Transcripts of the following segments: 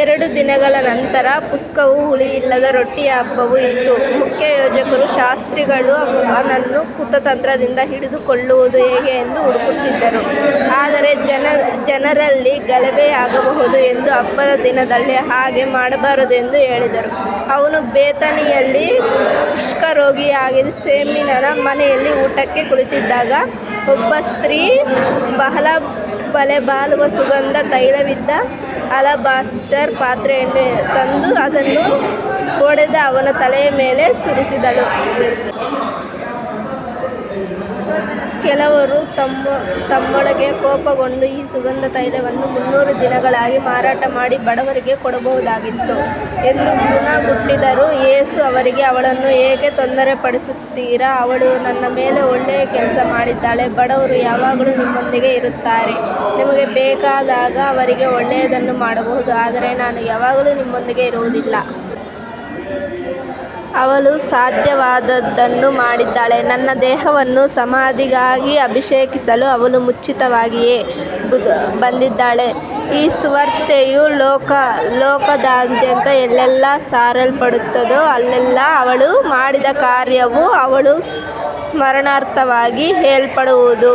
ಎರಡು ದಿನಗಳ ನಂತರ ಪಸ್ಕವೂ ಹುಳಿಯಿಲ್ಲದ ರೊಟ್ಟಿಯ ಹಬ್ಬವೂ ಇತ್ತು. ಮುಖ್ಯಯಾಜಕರೂ ಶಾಸ್ತ್ರಿಗಳೂ ಅವನನ್ನು ಕುತಂತ್ರದಿಂದ ಹಿಡಿದು ಕೊಲ್ಲುವುದು ಹೇಗೆ ಎಂದು ಹುಡುಕುತ್ತಿದ್ದರು. ಆದರೆ ಜನರಲ್ಲಿ ಗಲಭೆಯಾಗಬಹುದು ಎಂದು ಹಬ್ಬದ ದಿನದಲ್ಲಿ ಹಾಗೆ ಮಾಡಬಾರದು ಎಂದು ಹೇಳಿದರು. ಅವನು ಬೇಥಾನಿಯಲ್ಲಿ ಕುಷ್ಠರೋಗಿಯಾದ ಸೀಮೋನನ ಮನೆಯಲ್ಲಿ ಊಟಕ್ಕೆ ಕುಳಿತಿದ್ದಾಗ ಒಬ್ಬ ಸ್ತ್ರೀಯು ಬಹಳ ಬೆಲೆಬಾಳುವ ಸುಗಂಧ ತೈಲವಿದ್ದ ಅಲಬಾಸ್ಟರ್ ಪಾತ್ರೆಯನ್ನು ತಂದು ಅದನ್ನು ಒಡೆದು ಅವನ ತಲೆಯ ಮೇಲೆ ಸುರಿಸಿದಳು. ಕೆಲವರು ತಮ್ಮೊಳಗೆ ಕೋಪಗೊಂಡು, ಈ ಸುಗಂಧ ತೈಲವನ್ನು ಮುನ್ನೂರು ದಿನಾರಗಳಿಗೆ ಮಾರಾಟ ಮಾಡಿ ಬಡವರಿಗೆ ಕೊಡಬಹುದಾಗಿತ್ತು ಎಂದು ಗುಣುಗುಟ್ಟಿದರು. ಯೇಸು ಅವರಿಗೆ, ಅವಳನ್ನು ಏಕೆ ತೊಂದರೆಪಡಿಸುತ್ತೀರಿ. ಅವಳು ನನ್ನ ಮೇಲೆ ಒಳ್ಳೆಯ ಕೆಲಸ ಮಾಡಿದ್ದಾಳೆ. ಬಡವರು ಯಾವಾಗಲೂ ನಿಮ್ಮೊಂದಿಗೆ ಇರುತ್ತಾರೆ, ನಿಮಗೆ ಬೇಕಾದಾಗ ಅವರಿಗೆ ಒಳ್ಳೆಯದನ್ನು ಮಾಡಬಹುದು, ಆದರೆ ನಾನು ಯಾವಾಗಲೂ ನಿಮ್ಮೊಂದಿಗೆ ಇರುವುದಿಲ್ಲ. ಅವಳು ಸಾಧ್ಯವಾದದ್ದನ್ನು ಮಾಡಿದ್ದಾಳೆ. ನನ್ನ ದೇಹವನ್ನು ಸಮಾಧಿಗಾಗಿ ಅಭಿಷೇಕಿಸಲು ಅವಳು ಮುಂಚಿತವಾಗಿಯೇ ಬಂದಿದ್ದಾಳೆ. ಈ ಸುವಾರ್ತೆಯು ಲೋಕದಾದ್ಯಂತ ಎಲ್ಲೆಲ್ಲಿ ಸಾರಲ್ಪಡುತ್ತದೋ ಅಲ್ಲೆಲ್ಲಾ ಅವಳು ಮಾಡಿದ ಕಾರ್ಯವೂ ಅವಳ ಸ್ಮರಣಾರ್ಥವಾಗಿ ಹೇಳಲ್ಪಡುವುದು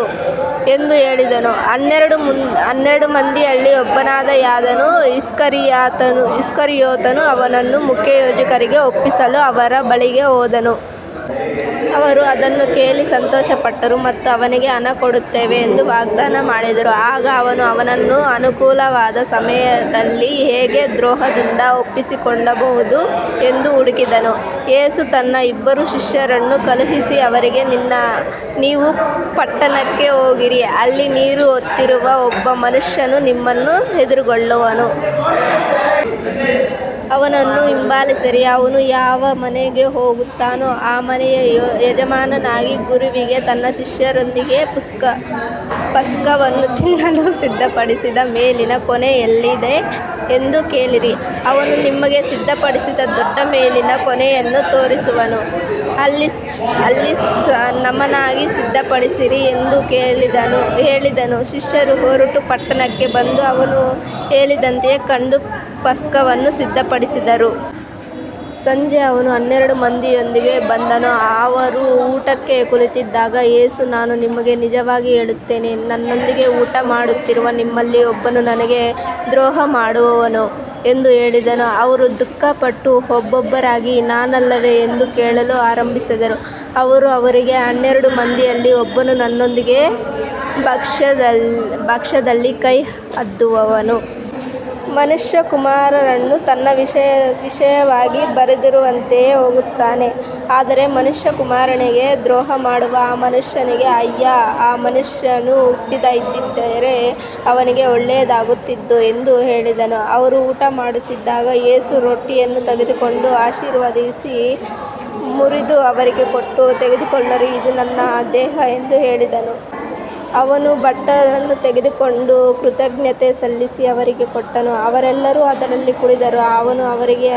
ಎಂದು ಹೇಳಿದನು. ಹನ್ನೆರಡು ಮಂದಿಯಲ್ಲಿ ಒಬ್ಬನಾದ ಯೂದನು ಇಸ್ಕರಿಯೋತನು ಅವನನ್ನು ಮುಖ್ಯಯಾಜಕರಿಗೆ ಒಪ್ಪಿಸಲು ಅವರ ಬಳಿಗೆ ಹೋದನು. ಅವರು ಅದನ್ನು ಕೇಳಿ ಸಂತೋಷಪಟ್ಟರು ಮತ್ತು ಅವನಿಗೆ ಹಣ ಕೊಡುತ್ತೇವೆ ಎಂದು ವಾಗ್ದಾನ ಮಾಡಿದರು. ಆಗ ಅವನು ಅವನನ್ನು ಅನುಕೂಲವಾದ ಸಮಯದಲ್ಲಿ ಹೇಗೆ ದ್ರೋಹದಿಂದ ಒಪ್ಪಿಸಿಕೊಡಬಹುದು ಎಂದು ಹುಡುಕಿದನು. ಯೇಸು ತನ್ನ ಇಬ್ಬರು ಶಿಷ್ಯರನ್ನು ಕಳುಹಿಸಿ ಅವರಿಗೆ, ನೀವು ಪಟ್ಟಣಕ್ಕೆ ಹೋಗಿರಿ. ಅಲ್ಲಿ ನೀರು ಹೊತ್ತಿರುವ ಒಬ್ಬ ಮನುಷ್ಯನು ನಿಮ್ಮನ್ನು ಎದುರುಗೊಳ್ಳುವನು. ಅವನನ್ನು ಹಿಂಬಾಲಿಸಿರಿ. ಅವನು ಯಾವ ಮನೆಗೆ ಹೋಗುತ್ತಾನೋ ಆ ಮನೆಯ ಯಜಮಾನನಿಗೆ, ಗುರುವಿಗೆ ತನ್ನ ಶಿಷ್ಯರೊಂದಿಗೆ ಪಸ್ಕವನ್ನು ತಿನ್ನಲು ಸಿದ್ಧಪಡಿಸಿದ ಮೇಲಿನ ಕೋಣೆ ಎಲ್ಲಿದೆ ಎಂದು ಕೇಳಿರಿ. ಅವನು ನಿಮಗೆ ಸಿದ್ಧಪಡಿಸಿದ ದೊಡ್ಡ ಮೇಲಿನ ಕೋಣೆಯನ್ನು ತೋರಿಸುವನು. ಅಲ್ಲಿ ನಮಗಾಗಿ ಸಿದ್ಧಪಡಿಸಿರಿ ಎಂದು ಹೇಳಿದನು. ಶಿಷ್ಯರು ಹೊರಟು ಪಟ್ಟಣಕ್ಕೆ ಬಂದು, ಅವನು ಹೇಳಿದಂತೆಯೇ ಕಂಡು ಪಸ್ಕವನ್ನು ಸಿದ್ಧಪಡಿಸಿದರು. ಸಂಜೆ ಅವನು ಹನ್ನೆರಡು ಮಂದಿಯೊಂದಿಗೆ ಬಂದನು. ಅವರು ಊಟಕ್ಕೆ ಕುಳಿತಿದ್ದಾಗ ಯೇಸು, ನಾನು ನಿಮಗೆ ನಿಜವಾಗಿ ಹೇಳುತ್ತೇನೆ, ನನ್ನೊಂದಿಗೆ ಊಟಮಾಡುತ್ತಿರುವ ನಿಮ್ಮಲ್ಲಿ ಒಬ್ಬನು ನನಗೆ ದ್ರೋಹಮಾಡುವನು ಎಂದು ಹೇಳಿದನು. ಅವರು ದುಃಖಪಟ್ಟು ಒಬ್ಬೊಬ್ಬರಾಗಿ, ನಾನಲ್ಲವೇ ಎಂದು ಕೇಳಲು ಆರಂಭಿಸಿದರು. ಅವನು ಅವರಿಗೆ, ಹನ್ನೆರಡು ಮಂದಿಯಲ್ಲಿ ಒಬ್ಬನು ನನ್ನೊಂದಿಗೆ ಭಕ್ಷ್ಯದಲ್ಲಿ ಕೈ ಅದ್ದುವವನು. ಮನುಷ್ಯಕುಮಾರನು ತನ್ನ ವಿಷಯವಾಗಿ ಬರೆದಿರುವಂತೆಯೇ ಹೋಗುತ್ತಾನೆ. ಆದರೆ ಮನುಷ್ಯಕುಮಾರನಿಗೆ ದ್ರೋಹಮಾಡುವ ಆ ಮನುಷ್ಯನಿಗೆ ಅಯ್ಯೋ. ಆ ಮನುಷ್ಯನು ಹುಟ್ಟದೇ ಇದ್ದಿದ್ದರೆ ಅವನಿಗೆ ಒಳ್ಳೆಯದಾಗುತ್ತಿತ್ತು ಎಂದು ಹೇಳಿದನು. ಅವರು ಊಟಮಾಡುತ್ತಿದ್ದಾಗ ಯೇಸು ರೊಟ್ಟಿಯನ್ನು ತೆಗೆದುಕೊಂಡು ಆಶೀರ್ವದಿಸಿ ಮುರಿದು ಅವರಿಗೆ ಕೊಟ್ಟು, ತೆಗೆದುಕೊಳ್ಳಿರಿ, ಇದು ನನ್ನ ದೇಹ ಎಂದು ಹೇಳಿದನು. ಅವನು ಬಟ್ಟಲನ್ನು ತೆಗೆದುಕೊಂಡು ಕೃತಜ್ಞತೆ ಸಲ್ಲಿಸಿ ಅವರಿಗೆ ಕೊಟ್ಟನು. ಅವರೆಲ್ಲರೂ ಅದರಲ್ಲಿ ಕುಡಿದರು. ಅವನು ಅವರಿಗೆ,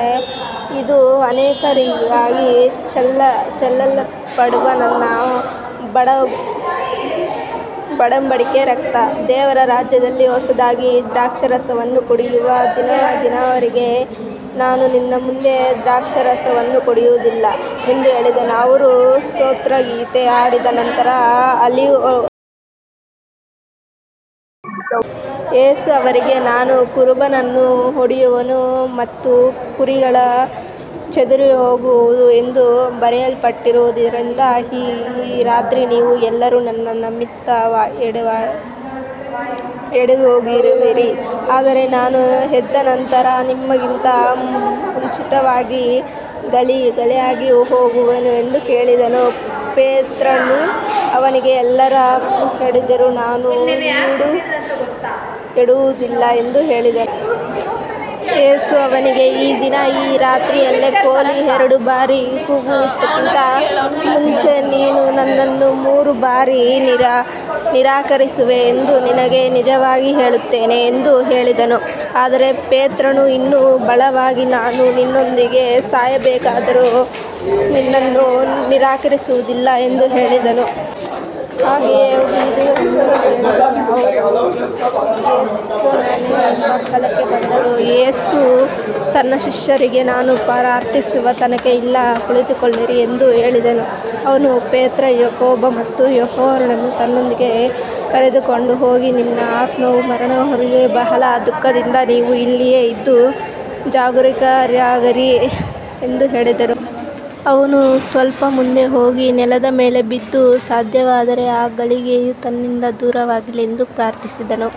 ಇದು ಅನೇಕರಿಗಾಗಿ ಚೆಲ್ಲಲ್ಪಡುವ ನನ್ನ ಒಡಂಬಡಿಕೆಯ ರಕ್ತ. ದೇವರ ರಾಜ್ಯದಲ್ಲಿ ಹೊಸದಾಗಿ ದ್ರಾಕ್ಷಾರಸವನ್ನು ಕುಡಿಯುವ ದಿನದವರೆಗೆ ನಾನು ಇನ್ನು ಮುಂದೆ ದ್ರಾಕ್ಷಾರಸವನ್ನು ಕುಡಿಯುವುದಿಲ್ಲ ಎಂದು ಹೇಳಿದನು. ಅವರು ಸ್ತೋತ್ರಗೀತೆ ಹಾಡಿದ ನಂತರ ಆಲಿವ್ ಬೆಟ್ಟಕ್ಕೆ ಹೋದರು. ಯೇಸು ಅವರಿಗೆ, ನಾನು ಕುರುಬನನ್ನು ಹೊಡೆಯುವೆನು ಮತ್ತು ಕುರಿಗಳು ಚದುರಿಹೋಗುವವು ಎಂದು ಬರೆಯಲ್ಪಟ್ಟಿರುವುದರಿಂದ ಈ ರಾತ್ರಿ ನೀವು ಎಲ್ಲರೂ ನನ್ನ ನಿಮಿತ್ತ ಎಡವಿಹೋಗುವಿರಿ. ಆದರೆ ನಾನು ಎದ್ದ ನಂತರ ನಿಮ್ಮಿಗಿಂತ ಮುಂಚಿತವಾಗಿ ಗಲಿಲಾಯಕ್ಕೆ ಹೋಗುವೆನು ಎಂದು ಹೇಳಿದನು. ಪೇತ್ರನು ಅವನಿಗೆ, ಎಲ್ಲರೂ ಎಡವಿದರೂ ನಾನು ಎಡವುವುದಿಲ್ಲ ಎಂದು ಹೇಳಿದನು. ಯೇಸು ಅವನಿಗೆ, ಈ ದಿನ, ಈ ರಾತ್ರಿಯಲ್ಲೇ ಕೋಳಿ ಎರಡು ಬಾರಿ ಕೂಗುವುದಕ್ಕಿಂತ ಮುಂಚೆ ನೀನು ನನ್ನನ್ನು ಮೂರು ಬಾರಿ ನಿರಾಕರಿಸುವೆ ಎಂದು ನಿನಗೆ ನಿಜವಾಗಿ ಹೇಳುತ್ತೇನೆ ಎಂದು ಹೇಳಿದನು. ಆದರೆ ಪೇತ್ರನು ಇನ್ನೂ ಬಲವಾಗಿ, ನಾನು ನಿನ್ನೊಂದಿಗೆ ಸಾಯಬೇಕಾದರೂ ನಿನ್ನನ್ನು ನಿರಾಕರಿಸುವುದಿಲ್ಲ ಎಂದು ಹೇಳಿದನು. ಹಾಗೆಯೇ ಉಳಿದವರೆಲ್ಲರೂ ಹೇಳಿದರು. ಅವರು ಗೆತ್ಸೇಮನೆ ಎಂಬ ಸ್ಥಳಕ್ಕೆ ಬಂದರು. ಯೇಸು ತನ್ನ ಶಿಷ್ಯರಿಗೆ, ನಾನು ಪ್ರಾರ್ಥಿಸುವ ತನಕ ಇಲ್ಲಿ ಕುಳಿತುಕೊಳ್ಳಿರಿ ಎಂದು ಹೇಳಿದನು. ಅವನು ಪೇತ್ರ, ಯಾಕೋಬ ಮತ್ತು ಯೋಹಾನರನ್ನು ತನ್ನೊಂದಿಗೆ ಕರೆದುಕೊಂಡು ಹೋಗಿ, ನನ್ನ ಆತ್ಮವು ಮರಣದವರೆಗೂ ಬಹಳ ದುಃಖದಿಂದಿದೆ. ನೀವು ಇಲ್ಲಿಯೇ ಇದ್ದು ಜಾಗರೂಕರಾಗಿರಿ ಎಂದು ಹೇಳಿದನು. ಅವನು ಸ್ವಲ್ಪ ಮುಂದೆ ಹೋಗಿ ನೆಲದ ಮೇಲೆ ಬಿದ್ದು, ಸಾಧ್ಯವಾದರೆ ಆ ಗಳಿಗೆಯು ತನ್ನಿಂದ ದೂರವಾಗಲಿ ಎಂದು ಪ್ರಾರ್ಥಿಸಿದನು.